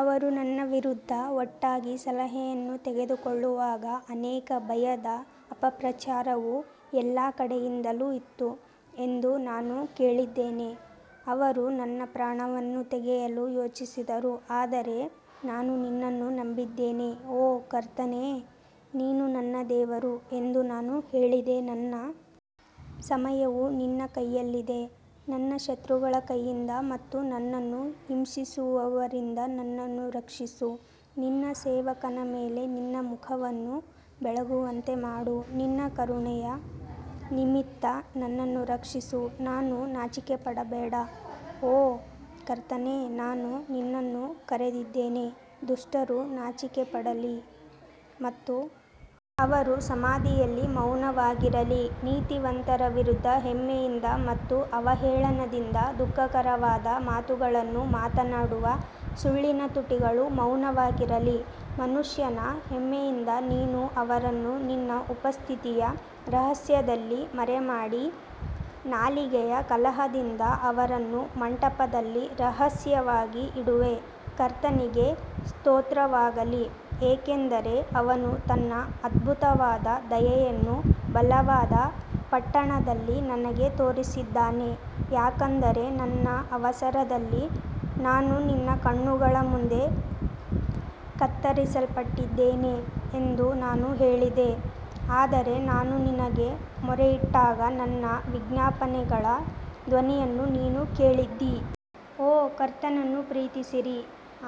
ಅವರು ನನ್ನ ವಿರುದ್ಧ ಒಟ್ಟಾಗಿ ಸಲಹೆಯನ್ನು ತೆಗೆದುಕೊಳ್ಳುವಾಗ ಅನೇಕ ಭಯದ ಅಪಪ್ರಚಾರವು ಎಲ್ಲಾ ಕಡೆಯಿಂದಲೂ ಇತ್ತು ಎಂದು ನಾನು ಕೇಳಿದ್ದೇನೆ, ಅವರು ನನ್ನ ಪ್ರಾಣವನ್ನು ತೆಗೆಯಲು ಯೋಚಿಸಿದರು ಆದರೆ ನಾನು ನಿನ್ನನ್ನು ನಂಬಿದ್ದೇನೆ ಓ ಕರ್ತನೇ, ನೀನು ನನ್ನ ದೇವರು ಎಂದು ನಾನು ಹೇಳಿದೆ ನನ್ನ ಸಮಯವು ನಿನ್ನ ಕೈಯಲ್ಲಿದೆ, ನನ್ನ ಶತ್ರುಗಳ ಕೈಯಿಂದ ಮತ್ತು ನನ್ನನ್ನು ಹಿಂಸಿಸುವವರಿಂದ ನನ್ನನ್ನು ರಕ್ಷಿಸು ನಿನ್ನ ಸೇವಕನ ಮೇಲೆ ನಿನ್ನ ಮುಖವನ್ನು ಬೆಳಗುವಂತೆ ಮಾಡು ನಿನ್ನ ಕರುಣೆಯ ನಿಮಿತ್ತ ನನ್ನನ್ನು ರಕ್ಷಿಸು ನಾನು ನಾಚಿಕೆಪಡಬೇಡ ಓ ಕರ್ತನೇ ನಾನು ನಿನ್ನನ್ನು ಕರೆದಿದ್ದೇನೆ ದುಷ್ಟರು ನಾಚಿಕೆಪಡಲಿ ಮತ್ತು ಅವರು ಸಮಾಧಿಯಲ್ಲಿ ಮೌನವಾಗಿರಲಿ ನೀತಿವಂತರ ವಿರುದ್ಧ ಹೆಮ್ಮೆಯಿಂದ ಮತ್ತು ಅವಹೇಳನದಿಂದ ದುಃಖಕರವಾದ ಮಾತುಗಳನ್ನು ಮಾತನಾಡುವ ಸುಳ್ಳಿನ ತುಟಿಗಳು ಮೌನವಾಗಿರಲಿ ಮನುಷ್ಯನ ಹೆಮ್ಮೆಯಿಂದ ನೀನು ಅವರನ್ನು ನಿನ್ನ ಉಪಸ್ಥಿತಿಯ ರಹಸ್ಯದಲ್ಲಿ ಮರೆಮಾಡಿ, ನಾಲಿಗೆಯ ಕಲಹದಿಂದ ಅವರನ್ನು ಮಂಟಪದಲ್ಲಿ ರಹಸ್ಯವಾಗಿ ಇಡುವೆ ಕರ್ತನಿಗೆ ಸ್ತೋತ್ರವಾಗಲಿ, ಏಕೆಂದರೆ ಅವನು ತನ್ನ ಅದ್ಭುತವಾದ ದಯೆಯನ್ನು ಬಲವಾದ ಪಟ್ಟಣದಲ್ಲಿ ನನಗೆ ತೋರಿಸಿದ್ದಾನೆ ಯಾಕಂದರೆ ನನ್ನ ಅವಸರದಲ್ಲಿ ನಾನು ನಿನ್ನ ಕಣ್ಣುಗಳ ಮುಂದೆ ಕತ್ತರಿಸಲ್ಪಟ್ಟಿದ್ದೇನೆ ಎಂದು ನಾನು ಹೇಳಿದೆ, ಆದರೆ ನಾನು ನಿನಗೆ ಮೊರೆಯಿಟ್ಟಾಗ ನನ್ನ ವಿಜ್ಞಾಪನೆಗಳ ಧ್ವನಿಯನ್ನು ನೀನು ಕೇಳಿದ್ದೀ. ಓ ಕರ್ತನನ್ನು ಪ್ರೀತಿಸಿರಿ,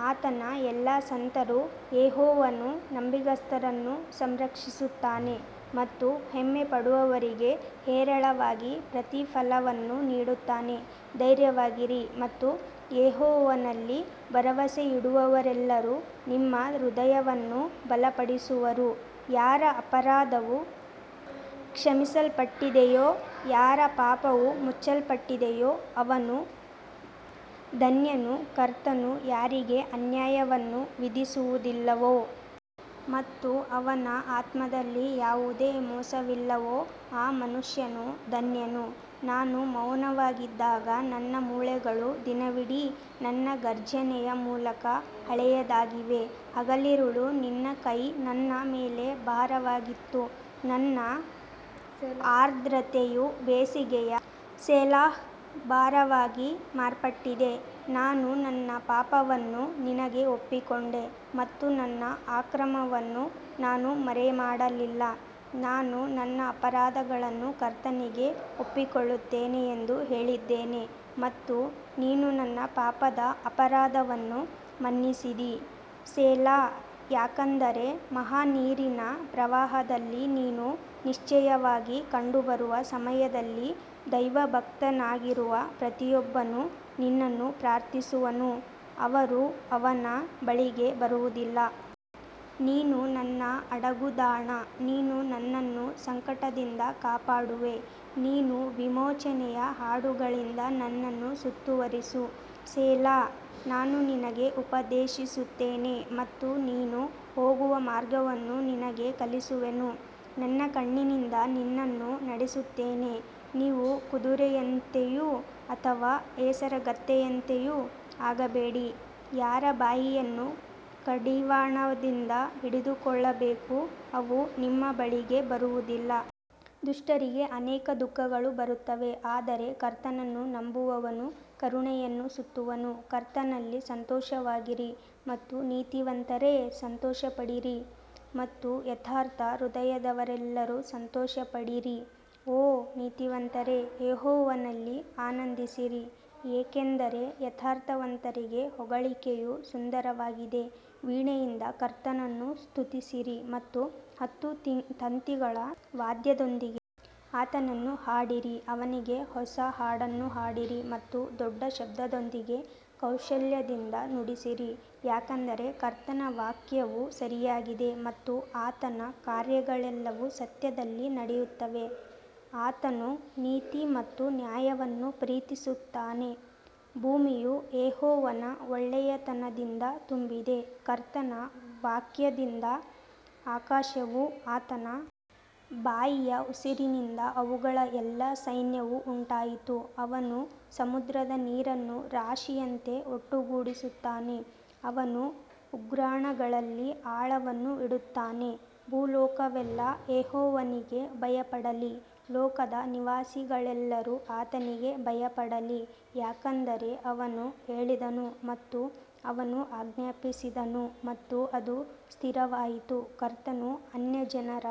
ಆತನ ಎಲ್ಲಾ ಸಂತರು, ಯೆಹೋವನು ನಂಬಿಗಸ್ತರನ್ನು ಸಂರಕ್ಷಿಸುತ್ತಾನೆ ಮತ್ತು ಹೆಮ್ಮೆಪಡುವವರಿಗೆ ಹೇರಳವಾಗಿ ಪ್ರತಿಫಲವನ್ನು ನೀಡುತ್ತಾನೆ ಧೈರ್ಯವಾಗಿರಿ ಮತ್ತು ಯೆಹೋವನಲ್ಲಿ ಭರವಸೆಯಿಡುವವರೆಲ್ಲರೂ ನಿಮ್ಮ ಹೃದಯವನ್ನು ಬಲಪಡಿಸುವರು ಯಾರ ಅಪರಾಧವು ಕ್ಷಮಿಸಲ್ಪಟ್ಟಿದೆಯೋ ಯಾರ ಪಾಪವು ಮುಚ್ಚಲ್ಪಟ್ಟಿದೆಯೋ ಅವನು ಧನ್ಯನು ಕರ್ತನು ಯಾರಿಗೆ ಅನ್ಯಾಯವನ್ನು ವಿಧಿಸುವುದಿಲ್ಲವೋ ಮತ್ತು ಅವನ ಆತ್ಮದಲ್ಲಿ ಯಾವುದೇ ಮೋಸವಿಲ್ಲವೋ ಆ ಮನುಷ್ಯನು ಧನ್ಯನು ನಾನು ಮೌನವಾಗಿದ್ದಾಗ ನನ್ನ ಮೂಳೆಗಳು ದಿನವಿಡೀ ನನ್ನ ಘರ್ಜನೆಯ ಮೂಲಕ ಹಳೆಯದಾಗಿವೆ ಹಗಲಿರುಳು ನಿನ್ನ ಕೈ ನನ್ನ ಮೇಲೆ ಭಾರವಾಗಿತ್ತು ನನ್ನ ಆರ್ದ್ರತೆಯು ಬೇಸಿಗೆಯ ಸೆಲಾಹ್ ಬರವಾಗಿ ಮಾರ್ಪಟ್ಟಿದೆ ನಾನು ನನ್ನ ಪಾಪವನ್ನು ನಿನಗೆ ಒಪ್ಪಿಕೊಂಡೆ ಮತ್ತು ನನ್ನ ಅಕ್ರಮವನ್ನು ನಾನು ಮರೆಮಾಡಲಿಲ್ಲ, ನಾನು ನನ್ನ ಅಪರಾಧಗಳನ್ನು ಕರ್ತನಿಗೆ ಒಪ್ಪಿಕೊಳ್ಳುತ್ತೇನೆ ಎಂದು ಹೇಳಿದ್ದೇನೆ ಮತ್ತು ನೀನು ನನ್ನ ಪಾಪದ ಅಪರಾಧವನ್ನು ಮನ್ನಿಸಿದಿ ಸೆಲಾ ಯಾಕಂದರೆ ಮಹಾನೀರಿನ ಪ್ರವಾಹದಲ್ಲಿ ನೀನು ನಿಶ್ಚಯವಾಗಿ ಕಂಡುಬರುವ ಸಮಯದಲ್ಲಿ ದೈವಭಕ್ತನಾಗಿರುವ ಪ್ರತಿಯೊಬ್ಬನು ನಿನ್ನನ್ನು ಪ್ರಾರ್ಥಿಸುವನು, ಅವರು ಅವನ ಬಳಿಗೆ ಬರುವುದಿಲ್ಲ. ನೀನು ನನ್ನ ಅಡಗುದಾಣ ನೀನು ನನ್ನನ್ನು ಸಂಕಟದಿಂದ ಕಾಪಾಡುವೆ ನೀನು ವಿಮೋಚನೆಯ ಹಾಡುಗಳಿಂದ ನನ್ನನ್ನು ಸುತ್ತುವರಿಸು ಸೆಲಾ ನಾನು ನಿನಗೆ ಉಪದೇಶಿಸುತ್ತೇನೆ ಮತ್ತು ನೀನು ಹೋಗುವ ಮಾರ್ಗವನ್ನು ನಿನಗೆ ಕಲಿಸುವೆನು, ನನ್ನ ಕಣ್ಣಿನಿಂದ ನಿನ್ನನ್ನು ನಡೆಸುತ್ತೇನೆ ನೀವು ಕುದುರೆಯಂತೆಯೂ ಅಥವಾ ಹೇಸರಗತ್ತೆಯಂತೆಯೂ ಆಗಬೇಡಿ, ಯಾರ ಬಾಯಿಯನ್ನು ಕಡಿವಾಣದಿಂದ ಹಿಡಿದುಕೊಳ್ಳಬೇಕು, ಅವು ನಿಮ್ಮ ಬಳಿಗೆ ಬರುವುದಿಲ್ಲ. ದುಷ್ಟರಿಗೆ ಅನೇಕ ದುಃಖಗಳು ಬರುತ್ತವೆ ಆದರೆ ಕರ್ತನನ್ನು ನಂಬುವವನು ಕರುಣೆಯನ್ನು ಸುತ್ತುವನು ಕರ್ತನಲ್ಲಿ ಸಂತೋಷವಾಗಿರಿ ಮತ್ತು ನೀತಿವಂತರೇ ಸಂತೋಷಪಡಿರಿ ಮತ್ತು ಯಥಾರ್ಥ ಹೃದಯದವರೆಲ್ಲರೂ ಸಂತೋಷಪಡಿರಿ. ಓ ನೀತಿವಂತರೇ, ಯೆಹೋವನಲ್ಲಿ ಆನಂದಿಸಿರಿ, ಏಕೆಂದರೆ ಯಥಾರ್ಥವಂತರಿಗೆ ಹೊಗಳಿಕೆಯು ಸುಂದರವಾಗಿದೆ ವೀಣೆಯಿಂದ ಕರ್ತನನ್ನು ಸ್ತುತಿಸಿರಿ ಮತ್ತು ಹತ್ತು ತಂತಿಗಳ ವಾದ್ಯದೊಂದಿಗೆ ಆತನನ್ನು ಹಾಡಿರಿ ಅವನಿಗೆ ಹೊಸ ಹಾಡನ್ನು ಹಾಡಿರಿ ಮತ್ತು ದೊಡ್ಡ ಶಬ್ದದೊಂದಿಗೆ ಕೌಶಲ್ಯದಿಂದ ನುಡಿಸಿರಿ ಯಾಕಂದರೆ ಕರ್ತನ ವಾಕ್ಯವು ಸರಿಯಾಗಿದೆ ಮತ್ತು ಆತನ ಕಾರ್ಯಗಳೆಲ್ಲವೂ ಸತ್ಯದಲ್ಲಿ ನಡೆಯುತ್ತವೆ ಆತನು ನೀತಿ ಮತ್ತು ನ್ಯಾಯವನ್ನು ಪ್ರೀತಿಸುತ್ತಾನೆ, ಭೂಮಿಯು ಯೆಹೋವನ ಒಳ್ಳೆಯತನದಿಂದ ತುಂಬಿದೆ ಕರ್ತನ ವಾಕ್ಯದಿಂದ ಆಕಾಶವೂ ಆತನ ಬಾಯಿಯ ಉಸಿರಿನಿಂದ ಅವುಗಳ ಎಲ್ಲಾ ಸೈನ್ಯವೂ ಉಂಟಾಯಿತು ಅವನು ಸಮುದ್ರದ ನೀರನ್ನು ರಾಶಿಯಂತೆ ಒಟ್ಟುಗೂಡಿಸುತ್ತಾನೆ, ಅವನು ಉಗ್ರಾಣಗಳಲ್ಲಿ ಆಳವನ್ನು ಇಡುತ್ತಾನೆ ಭೂಲೋಕವೆಲ್ಲಾ ಯೆಹೋವನಿಗೆ ಭಯಪಡಲಿ, ಲೋಕದ ನಿವಾಸಿಗಳೆಲ್ಲರೂ ಆತನಿಗೆ ಭಯಪಡಲಿ ಯಾಕಂದರೆ ಅವನು ಹೇಳಿದನು ಮತ್ತು ಅವನು ಆಜ್ಞಾಪಿಸಿದನು ಮತ್ತು ಅದು ಸ್ಥಿರವಾಯಿತು ಕರ್ತನು ಅನ್ಯಜನರ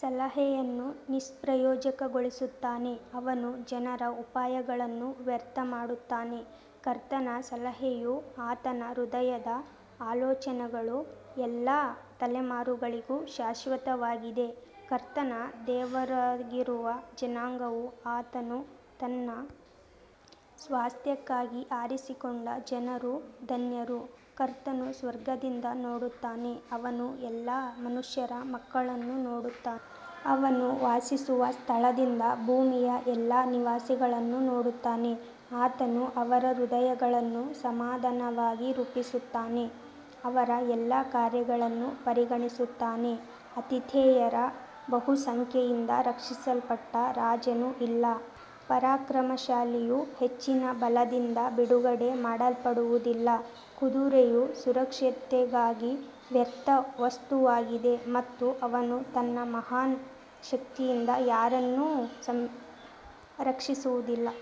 ಸಲಹೆಯನ್ನು ನಿಷ್ಪ್ರಯೋಜಕಗೊಳಿಸುತ್ತಾನೆ, ಅವನು ಜನರ ಉಪಾಯಗಳನ್ನು ವ್ಯರ್ಥ ಮಾಡುತ್ತಾನೆ ಕರ್ತನ ಸಲಹೆಯು ಆತನ ಹೃದಯದ ಆಲೋಚನೆಗಳು ಎಲ್ಲಾ ತಲೆಮಾರುಗಳಿಗೂ ಶಾಶ್ವತವಾಗಿದೆ ಕರ್ತನ ದೇವರಾಗಿರುವ ಜನಾಂಗವೂ ಆತನು ತನ್ನ ಸ್ವಾಸ್ತ್ಯಕ್ಕಾಗಿ ಆರಿಸಿಕೊಂಡ ಜನರೂ ಧನ್ಯರು ಕರ್ತನು ಸ್ವರ್ಗದಿಂದ ನೋಡುತ್ತಾನೆ ಅವನು ಎಲ್ಲಾ ಮನುಷ್ಯರ ಮಕ್ಕಳನ್ನು ನೋಡುತ್ತಾನೆ ಅವನು ವಾಸಿಸುವ ಸ್ಥಳದಿಂದ ಭೂಮಿಯ ಎಲ್ಲಾ ನಿವಾಸಿಗಳನ್ನು ನೋಡುತ್ತಾನೆ ಆತನು ಅವರ ಹೃದಯಗಳನ್ನು ಸಮಾನವಾಗಿ ರೂಪಿಸುತ್ತಾನೆ, ಅವರ ಎಲ್ಲಾ ಕಾರ್ಯಗಳನ್ನು ಪರಿಗಣಿಸುತ್ತಾನೆ ಆತಿಥೇಯರ ಬಹುಸಂಖ್ಯೆಯಿಂದ ರಕ್ಷಿಸಲ್ಪಟ್ಟ ರಾಜನು ಇಲ್ಲ, ಪರಾಕ್ರಮಶಾಲಿಯು ಹೆಚ್ಚಿನ ಬಲದಿಂದ ಬಿಡುಗಡೆ ಮಾಡಲ್ಪಡುವುದಿಲ್ಲ ಕುದುರೆಯು ಸುರಕ್ಷತೆಗಾಗಿ ವ್ಯರ್ಥ ವಸ್ತುವಾಗಿದೆ ಮತ್ತು ಅವನು ತನ್ನ ಮಹಾನ್ ಶಕ್ತಿಯಿಂದ ಯಾರನ್ನೂ ರಕ್ಷಿಸುವುದಿಲ್ಲ.